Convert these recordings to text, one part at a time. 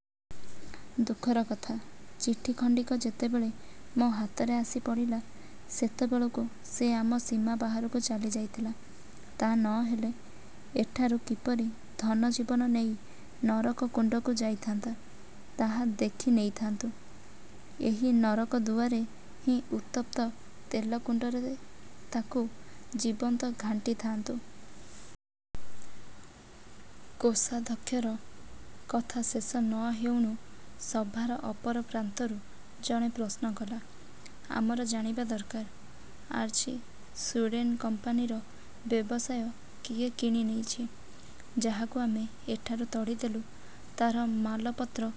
' ଦୁଃଖର କଥା, ଚିଠିଖଣ୍ଡିକ ଯେତେବେଳେ ମୋ ହାତରେ ଆସି ପଡ଼ିଲା, ସେତେବେଳକୁ ସେ ଆମ ସୀମା ବାହାରକୁ ଚାଲିଯାଇଥିଲା। ତା ନ ହେଲେ ଏଠାରୁ କିପରି ଧନଜୀବନ ନେଇ ନରକକୁଣ୍ଡକୁ ଯାଇଥାନ୍ତା, ତାହା ଦେଖି ନେଇଥାନ୍ତୁ। ଏହି ନରକଦୁଆରେ ହିଁ ଉତ୍ତପ୍ତ ତେଲକୁଣ୍ଡରେ ତାକୁ ଜୀବନ୍ତ ଘାଣ୍ଟିଥାଆନ୍ତୁ। '' କୋଷାଧ୍ୟକ୍ଷର କଥା ଶେଷ ନ ହେଉଣୁ ସଭାର ଅପର ପ୍ରାନ୍ତରୁ ଜଣେ ପ୍ରଶ୍ନ କଲା, ''ଆମର ଜାଣିବା ଦରକାର, ଆର୍ଜି ସ୍ୱୀଡ଼େନ କମ୍ପାନୀର ବ୍ୟବସାୟ କିଏ କିଣି ନେଇଛି? ଯାହାକୁ ଆମେ ଏଠାରୁ ତଡ଼ିଦେଲୁ, ତାର ମାଲପତ୍ର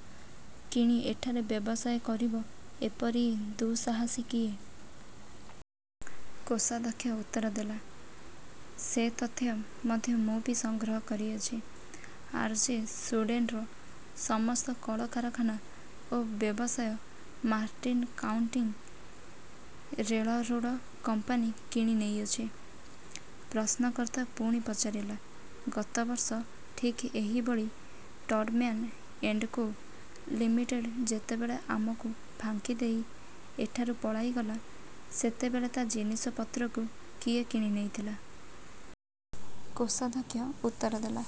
କିଣି ଏଠାରେ ବ୍ୟବସାୟ କରିବ–ଏପରି ଦୁଃସାହସୀ କିଏ? '' କୋଷାଧ୍ୟକ୍ଷ ଉତ୍ତର ଦେଲା, ''ସେ ତଥ୍ୟ ମଧ୍ୟ ମୁଁ ସଂଗ୍ରହ କରିଅଛି। ଆର୍ଜି ସ୍ୱୀଡ଼େନର ସମସ୍ତ କଳ କାରଖାନା ଓ ବ୍ୟବସାୟ ମାର୍ଟିନ କାଉଣ୍ଟି ରେଲରୋଡ଼ କମ୍ପାନୀ କିଣି ନେଇଅଛି। '' ପ୍ରଶ୍ନକର୍ତ୍ତା ପୁଣି ପଚାରିଲା, ''ଗତ ବର୍ଷ ଠିକ୍ ଏଇଭଳି ଟଡ଼ମ୍ୟାନ ଏଣ୍ଡ କୋ: ଲିମିଟେଡ଼ ଯେତେବେଳେ ଆମକୁ ଫାଙ୍କିଦେଇ ଏଠାରୁ ପଳାଇଗଲା, ସେତେବେଳେ ତା ଜିନିଷ-ପତ୍ରକୁ କିଏ କିଣି ନେଇଥିଲା? '' କୋଷାଧ୍ୟକ୍ଷ ଉତ୍ତର ଦେଲା,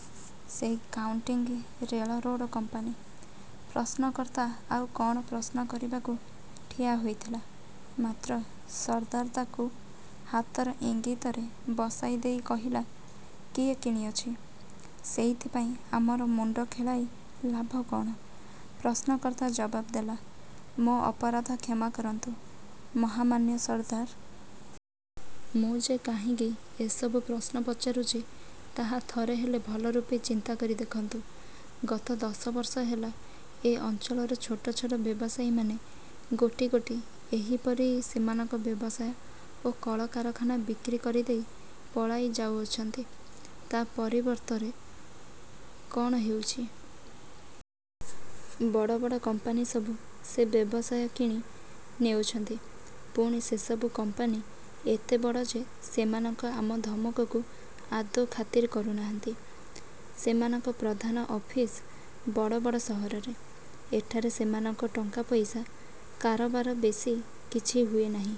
''ସେଇ କାଉଣ୍ଟି ରେଲରୋଡ଼ କମ୍ପାନୀ। '' ପ୍ରଶ୍ନକର୍ତ୍ତା ଆଉ କଅଣ ପ୍ରଶ୍ନ କରିବାକୁ ଠିଆ ହୋଇଥିଲା; ମାତ୍ର ସର୍ଦ୍ଦାର ତାକୁ ହାତର ଇଙ୍ଗିତରେ ବସାଇଦେଇ କହିଲା, ''କିଏ କିଣିଅଛି, ସେଥିପାଇଁ ଆମର ମୁଣ୍ଡ ଖେଳାଇ ଲାଭ କଅଣ-? '' ପ୍ରଶ୍ନକର୍ତ୍ତା ଜବାବ ଦେଲା, ''ମୋ ଅପରାଧ କ୍ଷମା କରନ୍ତୁ ମହାମାନ୍ୟ ସର୍ଦ୍ଦାର! ମୁଁ ଯେ କାହିଁ କି ଏସବୁ ପ୍ରଶ୍ନ ପଚାରୁଛି, ତାହା ଥରେହେଲେ ଭଲରୂପେ ଚିନ୍ତା କରି ଦେଖନ୍ତୁ। ଗତ ଦଶ ବର୍ଷ ହେଲା ଏ ଅଞ୍ଚଳର ଛୋଟଛୋଟ ବ୍ୟବସାୟୀମାନେ ଗୋଟିଗୋଟି ଏହିପରି ସେମାନଙ୍କ ବ୍ୟବସାୟ ଓ କଳ କାରଖାନା ବିକ୍ରି କରିଦେଇ ପଳାଇ ଯାଉଅଛନ୍ତି। ତା ପରିବର୍ତ୍ତରେ କଅଣ ହେଉଛି? ବଡ଼ବଡ଼ କମ୍ପାନୀସବୁ ସେ ବ୍ୟବସାୟ କିଣି ନେଉଛନ୍ତି। ପୁଣି ସେସବୁ କମ୍ପାନୀ ଏତେ ବଡ଼ ଯେ, ସେମାନେ ଆମ ଧମକକୁ ଆଦୌ ଖାତିର କରୁ ନାହାନ୍ତି। ସେମାନଙ୍କ ପ୍ରଧାନ ଅଫିସ ବଡ଼ବଡ଼ ସହରରେ, ଏଠାରେ ସେମାନଙ୍କ ଟଙ୍କା ପଇସା କାରବାର ବେଶୀ କିଛି ହୁଏ ନାହିଁ।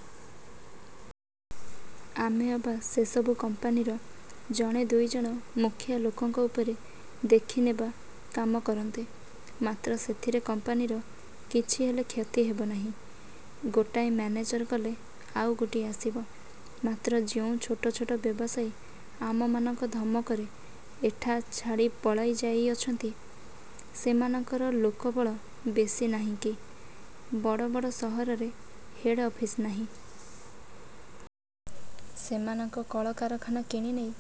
ଆମେ ଅବା ସେସବୁ କମ୍ପାନୀର ଜଣେ ଦୁଇ ଜଣ ମୁଖିଆ ଲୋକଙ୍କ ଉପରେ 'ଦେଖିନେବା' କାମ କରନ୍ତେ; ମାତ୍ର ସେଥିରେ କମ୍ପାନୀର କିଛି ହେଲେ କ୍ଷତି ହେବ ନାହିଁ। ଗୋଟାଏ ମ୍ୟାନେଜର ଗଲେ ଆଉ ଗୋଟିଏ ଆସିବ। ମାତ୍ର ଯେଉଁ ଛୋଟ ଛୋଟ ବ୍ୟବସାୟୀ ଆମମାନଙ୍କ ଧମକରେ ଏଠା ଛାଡ଼ି ପଳାଇ ଯାଇଅଛନ୍ତି, ସେମାନଙ୍କର ଲୋକବଳ ବେଶୀ ନାହିଁ କି ବଡ଼ବଡ଼ ସହରରେ ହେଡ଼ ଅଫିସ ନାହିଁ। ସେମାନଙ୍କ କଳକାରଖାନା କିଣିନେଇ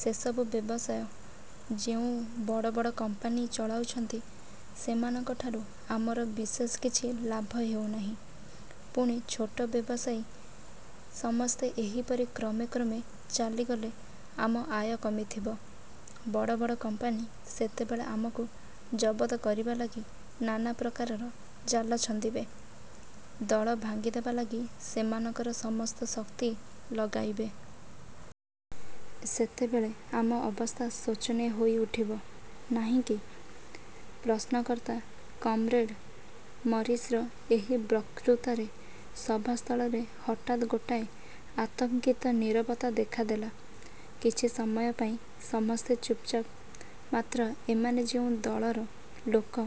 ସେସବୁ। ବ୍ୟବସାୟ ଯେଉଁ ବଡ଼ବଡ଼ କମ୍ପାନୀ ଚଳାଉଛନ୍ତି, ସେମାନଙ୍କଠାରୁ ଆମର ବିଶେଷ କିଛି ଲାଭ ହେଉ ନାହିଁ। ପୁଣି ଛୋଟ ବ୍ୟବସାୟୀ ସମସ୍ତେ ଏହିପରି କ୍ରମେକ୍ରମେ ଚାଲିଗଲେ ଆମ ଆୟ କମିଥିବ। ବଡ଼ବଡ଼ କମ୍ପାନୀ ସେତେବେଳେ ଆମକୁ ଜବତ କରିବା ଲାଗି ନାନା ପ୍ରକାର ଜାଲ ଛନ୍ଦିବେ; ଦଳ ଭାଙ୍ଗିଦେବା ଲାଗି ସେମାନଙ୍କର ସମସ୍ତ ଶକ୍ତି ଲଗାଇବେ। ସେତେବେଳେ ଆମ ଅବସ୍ଥା ଶୋଚନୀୟ ହୋଇଉଠିବ ନାହିଁ କି? '' ପ୍ରଶ୍ନକର୍ତ୍ତା କମ୍ରେଡ଼ ମରିସ୍ର ଏହି ବକ୍ତୃତାରେ ସଭାସ୍ଥଳରେ ହଠାତ୍ ଗୋଟାଏ ଆତଙ୍କିତ ନୀରବତା ଦେଖାଦେଲା। କିଛି ସମୟ ପାଇଁ ସମସ୍ତେ ଚୁପ୍ଚାପ୍। ମାତ୍ର ଏମାନେ ଯେଉଁ ଦଳର ଲୋକ,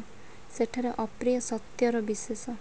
ସେଠାରେ ଅପ୍ରିୟ ସତ୍ୟର ବିଶେଷ